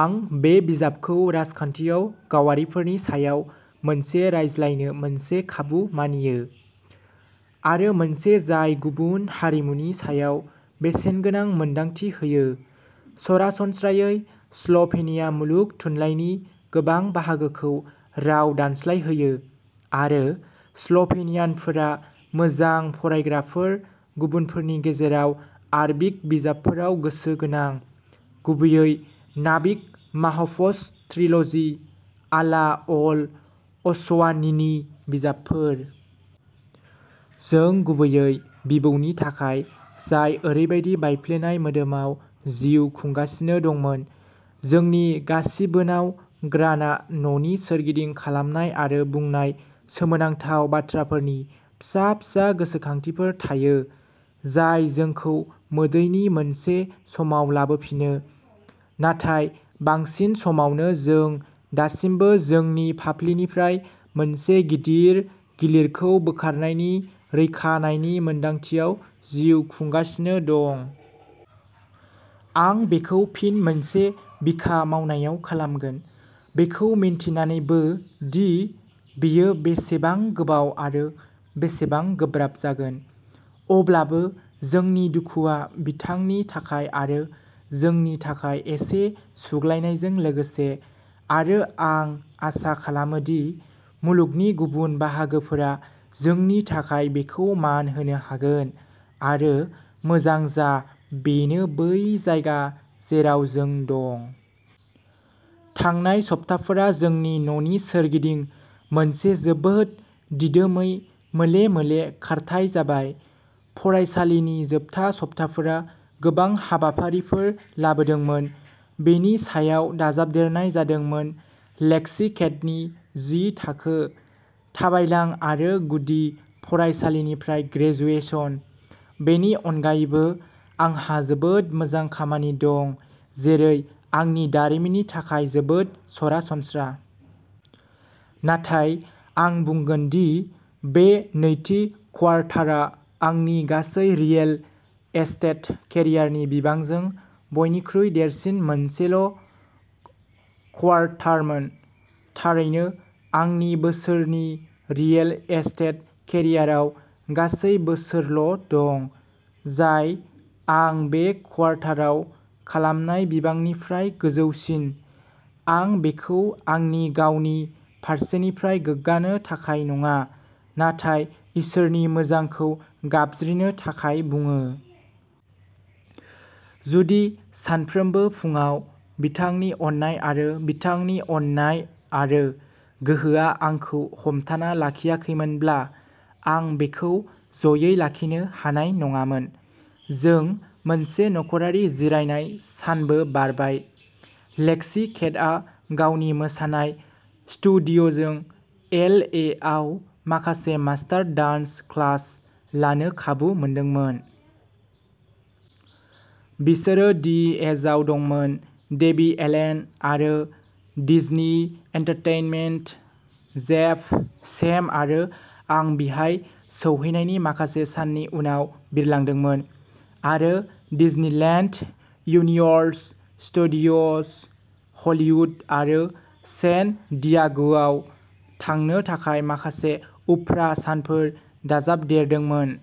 आं बे बिजाबखौ राजखान्थियाव गावारिफोरनि सायाव मोनसे रायज्लायनो मोनसे खाबु मानियो, आरो मोनसे जाय गुबुन हारिमुनि सायाव बेसेनगोनां मोनदांथि होयो। सरासनस्रायै, स्ल'भेनिया मुलुग थुनलाइनि गोबां बाहागोखौ राव दानस्लायहोयो, आरो स्ल'भेनियानफोरा मोजां फरायग्राफोर, गुबुनफोरनि गेजेराव आरबिक बिजाबफोराव गोसो गोनां, गुबैयै नागिब माहफ'ज ट्रिलजि, आला अल अस्वानीनि बिजाबफोर। जों; गुबैयै बिबौनि थाखाय, जाय ओरैबायदि बायफ्लेनाय मोदोमाव जिउ खुंगासिनो दंमोन। जोंनि गासिबोनाव ग्रानआ न'नि सोरगिदिं खालामनाय आरो बुंनाय सोमोनांथाव बाथ्राफोरनि फिसा-फिसा गोसोखांथिफोर थायो, जाय जोंखौ मोदैनि मोनसे समाव लाबोफिनो। नाथाय, बांसिन समावनो जों दासिमबो जोंनि फाफ्लिनिफ्राय मोनसे गिदिर गिलिरखौ बोखारनायनि रैखानायनि मोनदांथियाव जिउ खुंगासिनो दं। आं बेखौ फिन मोनसे बिखा मावनायाव खालामगोन, बेखौ मिन्थिनानैबो दि बेयो बेसेबां गोबाव आरो बेसेबां गोब्राब जागोन। अब्लाबो, जोंनि दुखुआ बिथांनि थाखाय आरो जोंनि थाखाय एसे सुग्लायनायजों लोगोसे। आरो, आं आसा खालामो दि मुलुगनि गुबुन बाहागोफोरा जोंनि थाखाय बेखौ मान होनो हागोन, आरो मोजां जा, बेनो बै जायगा जेराव जों दं। थांनाय सप्ताफोरा जोंनि न'नि सोरगिदिं मोनसे जोबोद दिदोमै मोले-मोले खारथाय जाबाय। फरायसालिनि जोबथा सप्ताफोरा गोबां हाबाफारिफोर लाबोदोंमोन, बेनि सायाव दाजाबदेरनाय जादोंमोन लेक्सि केटनि थि थाखो। थाबायलां, आरो गुदि फरायसालिनिफ्राय ग्रेजुएशन। बेनि अनगायैबो, आंहा जोबोद मोजां खामानि दं, जेरै आंनि दारिमिननि थाखाय जोबोद सरासनस्रा। नाथाय, आं बुंगोन दि बे नैथि क्वार्टारआ आंनि गासै रिएल एस्टेट केरियारनि बिबांजों बयनिख्रुइ देरसिन मोनसेल'क्वार्टारमोन। थारैनो, आंनि बोसोरनि रिएल एस्टेट केरियाराव गासै बोसोरल'दं जाय आं बे क्वार्टारआव खालामनाय बिबांनिफ्राय गोजौसिन। आं बेखौ आंनि गावनि फारसेनिफ्राय गोग्गानो थाखाय नङा, नाथाय इसोरनि मोजांखौ गाबज्रिनो थाखाय बुङो। जुदि सानफ्रोमबो फुंआव बिथांनि अननाय आरो बिथांनि अननाय आरो गोहोआ आंखौ हमथाना लाखियाखैमोनब्ला आं बेखौ ज'यै लाखिनो हानाय नङामोन। जों मोनसे नख'रारि जिरायनाय सानबो बारबाय। लेक्सि केटआ गावनि मोसानाय स्टुडिय'जों एल. ए. आव माखासे मास्टार डान्स क्लास लानो खाबु मोनदोंमोन। बिसोरो दि एजआव दंमोन। डेबी एलेन, आरो डिज्नी एन्टारटेनमेन्ट। जेफ, सेम, आरो आं बिहाय सौहैनायनि माखासे साननि उनाव बिरलांदोंमोन, आरो डिज्नीलेन्ड, यूनिवर्सल स्टुडिय'ज हलीवुड, आरो सेन डियागोआव थांनो थाखाय माखासे उफ्रा सानफोर दाजाबदेरदोंमोन।